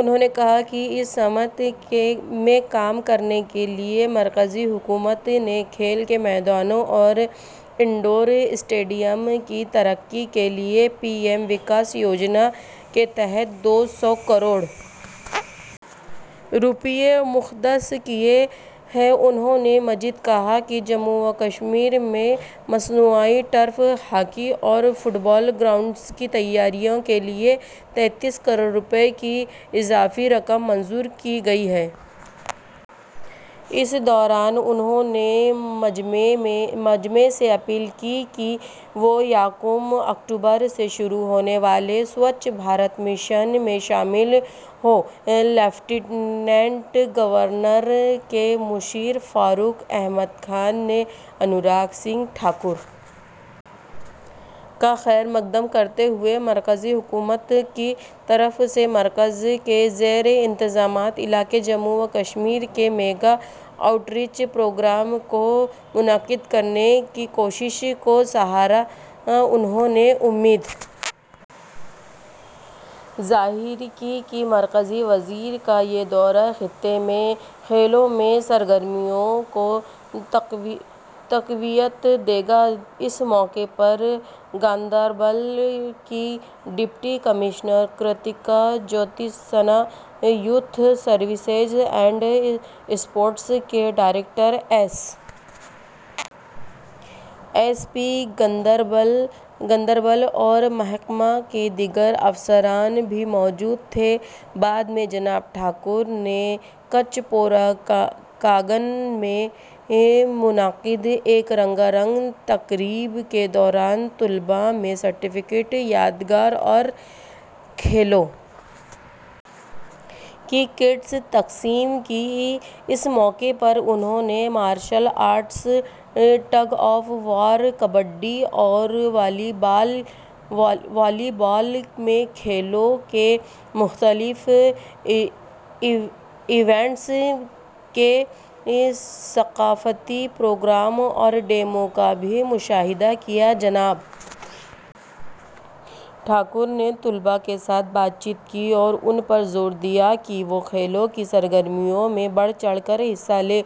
انہوں نے کہا کہ اس سمت میں کام کرنے کے لیے مرکزی حکومت نے کھیل کے میدانوں اور انڈور اسٹیڈیم کی ترقی کے لیے پی ایم وکاس یوجنا کے تحت دو سو کروڑ روپے مختص کیے ہیں انہوں نے مزید کہا کہ جموں و کشمیر میں مصنوعی ٹرف ہاکی اور فٹبال گراؤنڈز کی تیاری کے لیے تینتیس کروڑ روپے کی اضافی رقم منظور کی گئی ہے اس دوران انہوں نے مجمع سے اپیل کی کہ وہ یکم اکتوبر سے شروع ہونے والے سوچھ بھارت مشن میں شامل ہوں لیفٹیننٹ گورنر کے مشیر فاروق احمد خان نے انوراگ سنگھ ٹھاکر کا خیرمقدم کرتے ہوئے مرکزی حکومت کی طرف سے مرکز کے زیر انتظام علاقے جموں و کشمیر میں اس میگا آؤٹ ریچ پروگرام کو منعقد کرنے کی کوششوں کو سراہا انہوں نے امید ظاہر کی کہ مرکزی وزیر کا یہ دورہ خطے میں کھیلوں کی سرگرمیوں کو تقویت دے گا اس موقع پر گاندربل کی deputy commissioner Kritika Jyotsna youth services and sports کے director S S P Ganderbal اور محکمہ کے دیگر افسران بھی موجود تھے بعد میں جناب ٹھاکر نے کچ پورہ کنگن میں منعقدہ ایک رنگا رنگ تقریب کے دوران طلباء میں سرٹیفکیٹ یادگار اور کھیلوں کی کٹس تقسیم کیں اس موقع پر انہوں نے martial arts tug of war kabaddi اور والی بال میں کھیلوں کے مختلف ایونٹس کے ثقافتی پروگرام اور ڈیمو کا بھی مشاہدہ کیا جناب ٹھاکر نے طلباء کے ساتھ بات چیت کی اور ان پر زور دیا کہ وہ کھیلوں کی سرگرمیوں میں بڑھ چڑھ کر حصہ لیں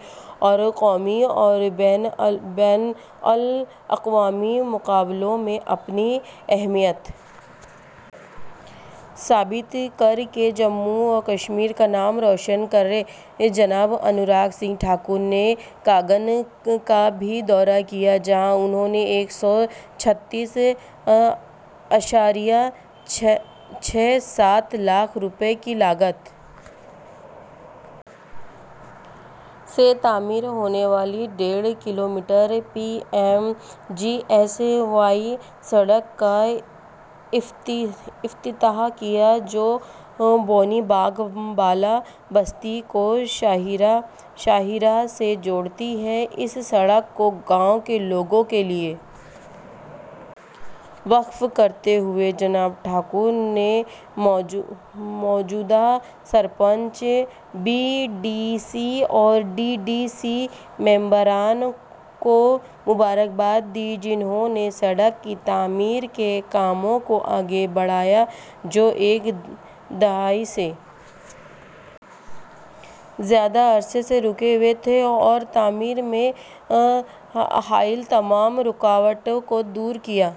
اور قومی اور بین الاقوامی مقابلوں میں اپنی اہمیت ثابت کر کے جموں و کشمیر کا نام روشن کریں جناب انوراگ سنگھ ٹھاکر نے کنگن کا بھی دورہ کیا جہاں انہوں نے ایک سو چھتیس اشاریہ چھ سات لاکھ روپے کی لاگت سے تعمیر ہونے والی ڈیڑھ kilometre P M G S Y سڑک کا افتتاح کیا جو بونی باغ بالا بستی کو شاہراہ سے جوڑتی ہے اس سڑک کو گاؤں کے لوگوں کے لیے وقف کرتے ہوئے جناب ٹھاکر نے موجودہ سرپنچ بی ڈی سی اور ڈی ڈی سی ممبران کو مبارکباد دی جنہوں نے سڑک کی تعمیر کے کاموں کو آگے بڑھایا جو ایک دہائی سے زیادہ عرصے سے رکے ہوئے تھے اور تعمیر میں حائل تمام رکاوٹوں کو دور کیا